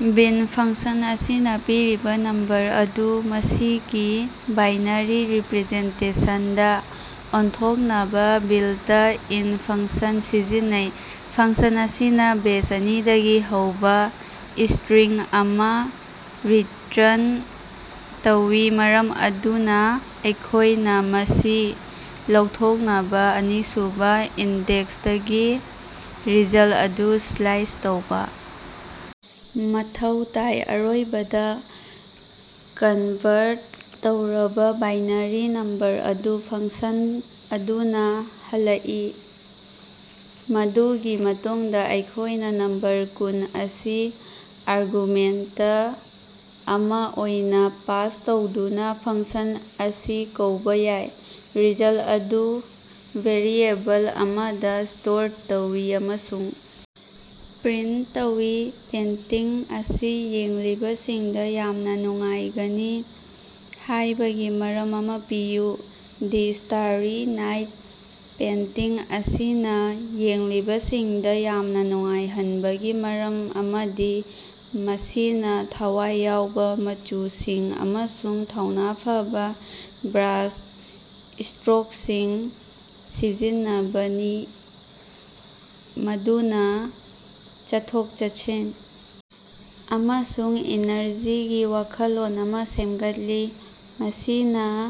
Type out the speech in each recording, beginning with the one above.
ꯕꯤꯟ function ꯑꯁꯤꯅꯥ ꯄꯤꯔꯤꯕꯥ number ꯑꯗꯨ ꯃꯁꯤꯒꯤ ꯕꯥꯏꯅꯥꯔꯤ ꯔꯤꯄ꯭ꯔꯖꯦꯟꯇꯦꯁꯟꯗꯥ ꯑꯣꯟꯊꯣꯛꯅꯕꯥ ꯕꯤꯜꯇ-ꯏꯟ ꯐꯪꯁꯟ ꯁꯤꯖꯤꯟꯅꯩ꯫ ꯐꯪꯁꯟ ꯑꯁꯤꯅꯥ ꯕꯦꯁ ꯑꯅꯤꯗꯒꯤ ꯍꯧꯕꯥ ꯏꯁꯇ꯭ꯔꯤꯡ ꯑꯃꯥ ꯔꯤꯇ꯭ꯔꯟ ꯇꯧꯏ ꯃꯔꯝ ꯑꯗꯨꯅꯥ ꯑꯩꯈꯣꯏꯅꯥ ꯃꯁꯤ ꯂꯧꯊꯣꯛꯅꯕꯥ ꯑꯅꯤꯁꯨꯕꯥ ꯏꯟꯗꯦꯛꯁꯇꯒꯤ ꯔꯤꯖꯜ ꯑꯗꯨ ꯁ꯭ꯂꯥꯏꯁ ꯇꯧꯕꯥ ꯃꯊꯧ ꯇꯥꯏ꯫ ꯑꯔꯣꯏꯕꯗꯥ, ꯀꯟꯚ꯭ꯔꯠ ꯇꯧꯔꯕꯥ ꯕꯥꯏꯅꯥꯔꯤ ꯅꯝꯕꯔ ꯑꯗꯨ ꯐꯪꯁꯟ ꯑꯗꯨꯅꯥ ꯍꯜꯂꯛꯏ꯫ ꯃꯗꯨꯒꯤ ꯃꯇꯨꯡꯗꯥ ꯑꯩꯈꯣꯏꯅꯥ ꯅꯝꯕꯔ ꯀꯨꯟ ꯑꯁꯤ ꯑꯥꯔꯒꯨꯃꯦꯟꯇ ꯑꯃꯥ ꯑꯣꯏꯅꯥ ꯄꯥꯁ ꯇꯧꯗꯨꯅꯥ ꯐꯪꯁꯟ ꯑꯁꯤ ꯀꯧꯕꯥ ꯌꯥꯏ꯫ ꯔꯤꯖꯜ ꯑꯗꯨ ꯚꯦꯔꯤꯑꯦꯕꯜ ꯑꯃꯗꯥ ꯁ꯭ꯇꯣꯔ ꯇꯧꯏ ꯑꯃꯁꯨꯡ ꯄ꯭ꯔꯤꯟꯇ ꯇꯧꯏ꯫ ꯄꯦꯟꯇꯤꯡ ꯑꯁꯤ ꯌꯦꯡꯂꯤꯕꯁꯤꯡꯗꯥ ꯌꯥꯝꯅꯥ ꯅꯨꯡꯉꯥꯏꯒꯅꯤ ꯍꯥꯏꯕꯒꯤ ꯃꯔꯝ ꯑꯃꯥ ꯄꯤꯌꯨ꯫ ꯗꯤ ꯁ꯭ꯇꯥꯔꯔꯤ ꯅꯥꯏꯠ ꯄꯦꯟꯇꯤꯡ ꯑꯁꯤꯅꯥ ꯌꯦꯡꯂꯤꯕꯁꯤꯡꯗꯥ ꯌꯥꯝꯅꯥ ꯅꯨꯡꯉꯥꯏꯍꯟꯕꯒꯤ ꯃꯔꯝ ꯑꯃꯗꯤ ꯃꯁꯤꯅꯥ ꯊꯋꯥꯏ ꯌꯥꯎꯕꯥ ꯃꯆꯨꯁꯤꯡ ꯑꯃꯁꯨꯡ ꯊꯧꯅꯥ ꯐꯕꯥ ꯕ꯭ꯔꯥꯁ ꯢꯁꯇ꯭ꯔꯣꯛꯁꯤꯡ ꯁꯤꯖꯤꯟꯅꯕꯅꯤ ꯃꯗꯨꯅꯥ ꯆꯠꯊꯣꯛ-ꯆꯠꯁꯤꯟ ꯑꯃꯁꯨꯡ ꯏꯅꯔꯖꯤꯒꯤ ꯋꯥꯈꯜꯂꯣꯟ ꯑꯃꯥ ꯁꯦꯝꯒꯠꯂꯤ, ꯃꯁꯤꯅꯥ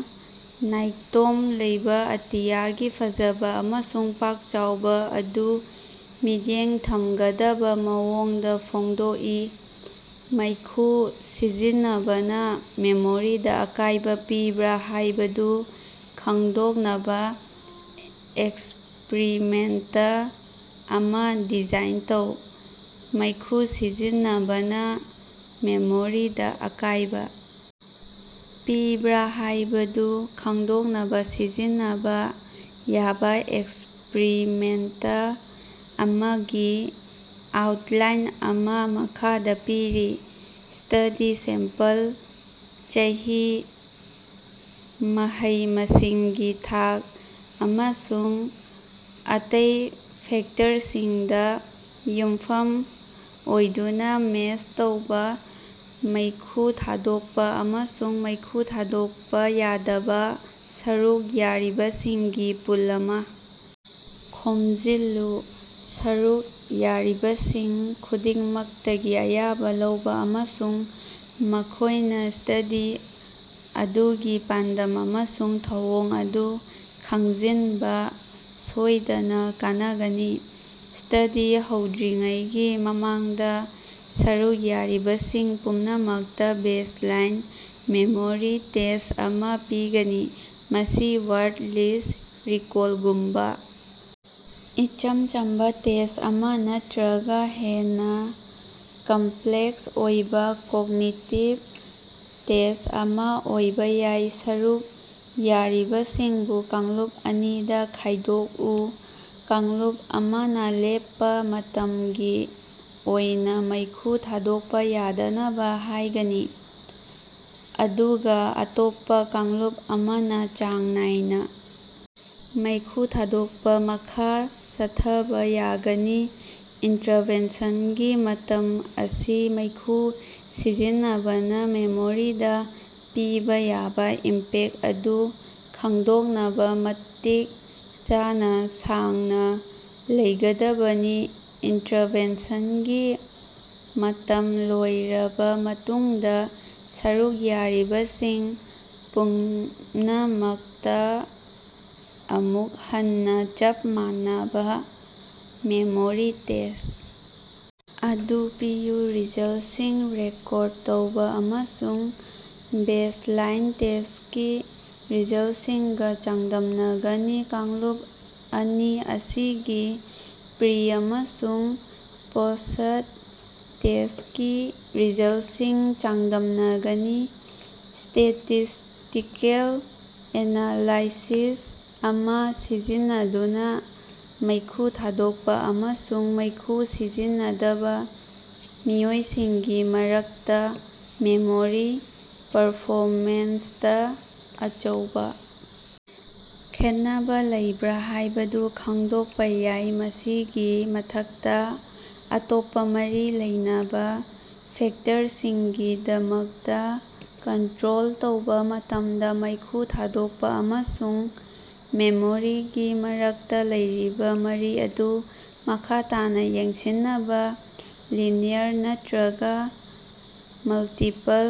ꯅꯥꯏꯇꯣꯝ ꯂꯩꯕꯥ ꯑꯇꯤꯌꯥꯒꯤ ꯐꯖꯕꯥ ꯑꯃꯁꯨꯡ ꯄꯥꯛ ꯆꯥꯎꯕꯥ ꯑꯗꯨ ꯃꯤꯠꯌꯦꯡ ꯊꯝꯒꯗꯕꯥ ꯃꯑꯣꯡꯗꯥ ꯐꯣꯡꯗꯣꯛꯏ꯫ ꯃꯩꯈꯨ ꯁꯤꯖꯤꯟꯅꯕꯅꯥ ꯃꯦꯃꯣꯔꯤꯗꯥ ꯑꯀꯥꯏꯕꯥ ꯄꯤꯕ꯭ꯔꯥ ꯍꯥꯏꯕꯗꯨ ꯈꯪꯗꯣꯛꯅꯕꯥ ꯑꯦꯛꯁꯄ꯭ꯔꯤꯃꯦꯟꯇ ꯑꯃꯥ ꯗꯤꯖꯥꯏꯟ ꯇꯧ꯫ ꯃꯩꯈꯨ ꯁꯤꯖꯤꯟꯅꯕꯅꯥ ꯃꯦꯃꯣꯔꯤꯗꯥ ꯑꯀꯥꯏꯕꯥ ꯄꯤꯕ꯭ꯔꯥ ꯍꯥꯏꯕꯗꯨ ꯈꯪꯗꯣꯛꯅꯕꯥ ꯁꯤꯖꯤꯟꯅꯕꯥ ꯌꯥꯕꯥ ꯑꯦꯛꯁꯄ꯭ꯔꯤꯃꯦꯟꯇ ꯑꯃꯒꯤ ꯑꯥꯎꯠꯂꯥꯏꯟ ꯑꯃꯥ ꯃꯈꯥꯗꯥ ꯄꯤꯔꯤ꯫ ꯁ꯭ꯇꯗꯤ ꯁꯦꯝꯄꯜ ꯆꯍꯤ, ꯃꯍꯩ-ꯃꯁꯤꯡꯒꯤ ꯊꯥꯛ, ꯑꯃꯁꯨꯡ ꯑꯇꯩ ꯐꯦꯛꯇꯔꯁꯤꯡꯗꯥ ꯌꯨꯝꯐꯝ ꯑꯣꯏꯗꯨꯅꯥ ꯃꯦꯁ ꯇꯧꯕꯥ, ꯃꯩꯈꯨ ꯊꯥꯗꯣꯛꯄꯥ ꯑꯃꯁꯨꯡ ꯃꯩꯈꯨ ꯊꯥꯗꯣꯛꯄꯥ ꯌꯥꯗꯕꯥ ꯁꯔꯨꯛ ꯌꯥꯔꯤꯕꯁꯤꯡꯒꯤ ꯄꯨꯜ ꯑꯃꯥ ꯈꯣꯝꯖꯤꯜꯂꯨ꯫ ꯁꯔꯨꯛ ꯌꯥꯔꯤꯕꯁꯤꯡ ꯈꯨꯗꯤꯡꯃꯛꯇꯒꯤ ꯑꯌꯥꯕꯥ ꯂꯧꯕꯥ ꯑꯃꯁꯨꯡ ꯃꯈꯣꯏꯅꯥ ꯁ꯭ꯇꯗꯤ ꯑꯗꯨꯒꯤ ꯄꯥꯟꯗꯝ ꯑꯃꯁꯨꯡ ꯊꯧꯑꯣꯡ ꯑꯗꯨ ꯈꯪꯖꯤꯟꯕꯥ ꯁꯣꯏꯗꯅꯥ ꯀꯅꯥꯒꯅꯤ꯫ ꯁ꯭ꯇꯗꯤ ꯍꯧꯗ꯭ꯔꯤꯉꯩꯒꯤ ꯃꯃꯥꯡꯗꯥ ꯁꯔꯨꯛ ꯌꯥꯔꯤꯕꯁꯤꯡ ꯄꯨꯝꯅꯃꯛꯇꯥ ꯕꯦꯖ ꯂꯥꯏꯟ ꯃꯦꯃꯣꯔꯤ ꯇꯦꯁ ꯑꯃꯥ ꯄꯤꯒꯅꯤ꯫ ꯃꯁꯤ ꯋꯥꯔꯗ ꯂꯤꯁ ꯔꯤꯀꯣꯜꯒꯨꯝꯕꯥ ꯏꯆꯝ ꯆꯝꯕꯥ ꯇꯦꯁ ꯑꯃꯥ ꯅꯠꯇ꯭ꯔꯒꯥ ꯍꯦꯟꯅꯥ ꯀꯝꯄ꯭ꯂꯦꯛꯁ ꯑꯣꯏꯕꯥ ꯀꯣꯛꯅꯤꯇꯤꯚ ꯇꯦꯁ ꯑꯃꯥ ꯑꯣꯏꯕꯥ ꯌꯥꯏ꯫ ꯁꯔꯨꯛ ꯌꯥꯔꯤꯕꯁꯤꯡꯕꯨ ꯀꯥꯡꯂꯨꯞ ꯑꯅꯤꯗꯥ ꯈꯥꯏꯗꯣꯛꯎ꯫ ꯀꯥꯡꯂꯨꯞ ꯑꯃꯅꯥ ꯂꯦꯞꯄꯥ ꯃꯇꯝꯒꯤ ꯑꯣꯏꯅꯥ ꯃꯩꯈꯨ ꯊꯥꯗꯣꯛꯄꯥ ꯌꯥꯗꯅꯕꯥ ꯍꯥꯏꯒꯅꯤ, ꯑꯗꯨꯒꯥ ꯑꯇꯣꯞꯄꯥ ꯀꯥꯡꯂꯨꯞ ꯑꯃꯅꯥ ꯆꯥꯡ ꯅꯥꯏꯅꯥ ꯃꯩꯈꯨ ꯊꯥꯗꯣꯛꯄꯥ ꯃꯈꯥ ꯆꯠꯊꯕꯥ ꯌꯥꯒꯅꯤ꯫ ꯏꯟꯇ꯭ꯔꯥꯚꯦꯟꯁꯟꯒꯤ ꯃꯇꯝ ꯑꯁꯤ ꯃꯩꯈꯨ ꯁꯤꯖꯤꯟꯅꯕꯅꯥ ꯃꯦꯃꯣꯔꯤꯗꯥ ꯄꯤꯕꯥ ꯌꯥꯕꯥ ꯏꯝꯄꯦꯛ ꯑꯗꯨ ꯈꯪꯗꯣꯛꯅꯕꯥ ꯃꯇꯤꯛ ꯆꯥꯅꯥ ꯁꯥꯡꯅꯥ ꯂꯩꯒꯗꯕꯅꯤ꯫ ꯏꯟꯇ꯭ꯔꯥꯚꯦꯟꯁꯟꯒꯤ ꯃꯇꯝ ꯂꯣꯏꯔꯕꯥ ꯃꯇꯨꯡꯗꯥ, ꯁꯔꯨꯛ ꯌꯥꯔꯤꯕꯁꯤꯡ ꯄꯨꯝꯅꯃꯛꯇꯥ ꯑꯃꯨꯛ ꯍꯟꯅꯥ ꯆꯞ ꯃꯥꯟꯅꯕꯥ ꯃꯦꯃꯣꯔꯤ ꯇꯦꯁ ꯑꯗꯨ ꯄꯤꯌꯨ꯫ ꯔꯤꯖꯜꯁꯤꯡ ꯔꯦꯀꯣꯔꯗ ꯇꯧꯕꯥ ꯑꯃꯁꯨꯡ ꯕꯦꯖ ꯂꯥꯏꯟ ꯇꯦꯁꯀꯤ ꯔꯤꯖꯜꯁꯤꯡꯒꯥ ꯆꯥꯡꯗꯝꯅꯒꯅꯤ꯫ ꯀꯥꯡꯂꯨꯞ ꯑꯅꯤ ꯑꯁꯤꯒꯤ ꯄ꯭ꯔꯤ- ꯑꯃꯁꯨꯡ ꯄꯣꯁꯠ-ꯇꯦꯁꯀꯤ ꯔꯤꯖꯜꯁꯤꯡ ꯆꯥꯡꯗꯝꯅꯒꯅꯤ꯫ ꯁ꯭ꯇꯦꯇꯤꯁ꯭ꯇꯤꯀꯦꯜ ꯑꯦꯅꯥꯂꯥꯏꯁꯤꯁ ꯑꯃꯥ ꯁꯤꯖꯤꯟꯅꯗꯨꯅꯥ ꯃꯩꯈꯨ ꯊꯥꯗꯣꯛꯄꯥ ꯑꯃꯁꯨꯡ ꯃꯩꯈꯨ ꯁꯤꯖꯤꯟꯅꯗꯕꯥ ꯃꯤꯑꯣꯏꯁꯤꯡꯒꯤ ꯃꯔꯛꯇꯥ ꯃꯦꯃꯣꯔꯤ ꯄꯔꯐꯣꯃꯦꯟꯁꯇꯥ ꯑꯆꯧꯕꯥ ꯈꯦꯠꯅꯕꯥ ꯂꯩꯕ꯭ꯔꯥ ꯍꯥꯏꯕꯗꯨ ꯈꯪꯗꯣꯛꯄꯥ ꯌꯥꯏ꯫ ꯃꯁꯤꯒꯤ ꯃꯊꯛꯇꯥ, ꯑꯇꯣꯞꯄꯥ ꯃꯔꯤ ꯂꯩꯅꯕꯥ ꯐꯦꯛꯇꯔꯁꯤꯡꯒꯤꯗꯃꯛꯇꯥ ꯀꯟꯇ꯭ꯔꯣꯜ ꯇꯧꯕꯥ ꯃꯇꯝꯗꯥ ꯃꯩꯈꯨ ꯊꯥꯗꯣꯛꯄꯥ ꯑꯃꯁꯨꯡ ꯃꯦꯃꯣꯔꯤꯒꯤ ꯃꯔꯛꯇꯥ ꯂꯩꯔꯤꯕꯥ ꯃꯔꯤ ꯑꯗꯨ ꯃꯈꯥ ꯇꯥꯅꯥ ꯌꯦꯡꯁꯤꯟꯅꯕꯥ ꯂꯤꯅꯤꯌꯔ ꯅꯠꯇ꯭ꯔꯒꯥ ꯃꯜꯇꯤꯄꯜ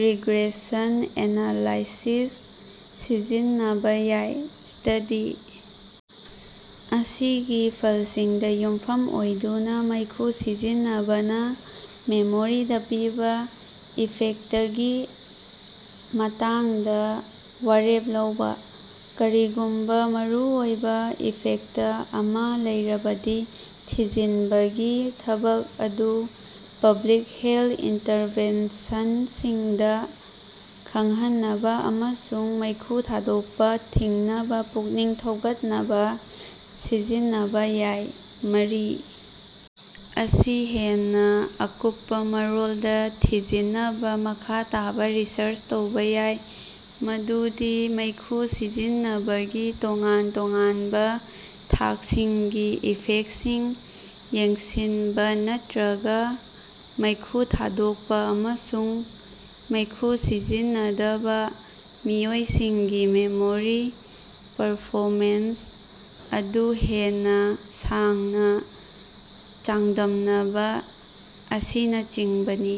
ꯔꯤꯒ꯭ꯔꯦꯁꯟ ꯑꯦꯅꯥꯂꯥꯏꯁꯤꯁ ꯁꯤꯖꯤꯟꯅꯕꯥ ꯌꯥꯏ꯫ ꯁ꯭ꯇꯗꯤ ꯑꯁꯤꯒꯤ ꯐꯜꯁꯤꯡꯗꯥ ꯌꯨꯝꯐꯝ ꯑꯣꯏꯗꯨꯅꯥ, ꯃꯩꯈꯨ ꯁꯤꯖꯤꯟꯅꯕꯅꯥ ꯃꯦꯃꯣꯔꯤꯗꯥ ꯄꯤꯕꯥ ꯏꯐꯦꯛꯇꯒꯤ ꯃꯇꯥꯡꯗꯥ ꯋꯥꯔꯦꯞ ꯂꯧꯕꯥ꯫ ꯀꯔꯤꯒꯨꯝꯕꯥ ꯃꯔꯨꯑꯣꯏꯕꯥ ꯏꯐꯦꯛꯇ ꯑꯃꯥ ꯂꯩꯔꯕꯗꯤ, ꯊꯤꯖꯤꯟꯕꯒꯤ ꯊꯕꯛ ꯑꯗꯨ ꯄꯕ꯭ꯂꯤꯛ ꯍꯦꯜ ꯏꯟꯇꯔꯚꯦꯟꯁꯟꯁꯤꯡꯗꯥ ꯈꯪꯍꯟꯅꯕꯥ ꯑꯃꯁꯨꯡ ꯃꯩꯈꯨ ꯊꯥꯗꯣꯛꯄꯥ ꯊꯤꯡꯅꯕꯥ ꯄꯨꯛꯅꯤꯡ ꯊꯧꯒꯠꯅꯕꯥ ꯁꯤꯖꯤꯟꯅꯕꯥ ꯌꯥꯏ꯫ ꯃꯔꯤ ꯑꯁꯤ ꯍꯦꯟꯅꯥ ꯑꯀꯨꯞꯄꯥ ꯃꯔꯣꯜꯗꯥ ꯊꯤꯖꯤꯟꯅꯕꯥ ꯃꯈꯥ ꯇꯥꯕꯥ ꯔꯤꯁꯔꯆ ꯇꯧꯕꯥ ꯌꯥꯏ, ꯃꯗꯨꯗꯤ ꯃꯩꯈꯨ ꯁꯤꯖꯤꯟꯅꯕꯒꯤ ꯇꯣꯉꯥꯟ ꯇꯣꯉꯥꯟꯕꯥ ꯊꯥꯛꯁꯤꯡꯒꯤ ꯏꯐꯦꯛꯁꯤꯡ ꯌꯦꯡꯁꯤꯟꯕꯥ ꯅꯠꯇ꯭ꯔꯒꯥ ꯃꯩꯈꯨ ꯊꯥꯗꯣꯛꯄꯥ ꯑꯃꯁꯨꯡ ꯃꯩꯈꯨ ꯁꯤꯖꯤꯟꯅꯗꯕꯥ ꯃꯤꯑꯣꯏꯁꯤꯡꯒꯤ ꯃꯦꯃꯣꯔꯤ ꯄꯔꯐꯣꯃꯦꯟꯁ ꯑꯗꯨ ꯍꯦꯟꯅꯥ ꯁꯥꯡꯅꯥ ꯆꯥꯡꯗꯝꯅꯕꯥ ꯑꯁꯤꯅꯆꯤꯡꯕꯅꯤ꯫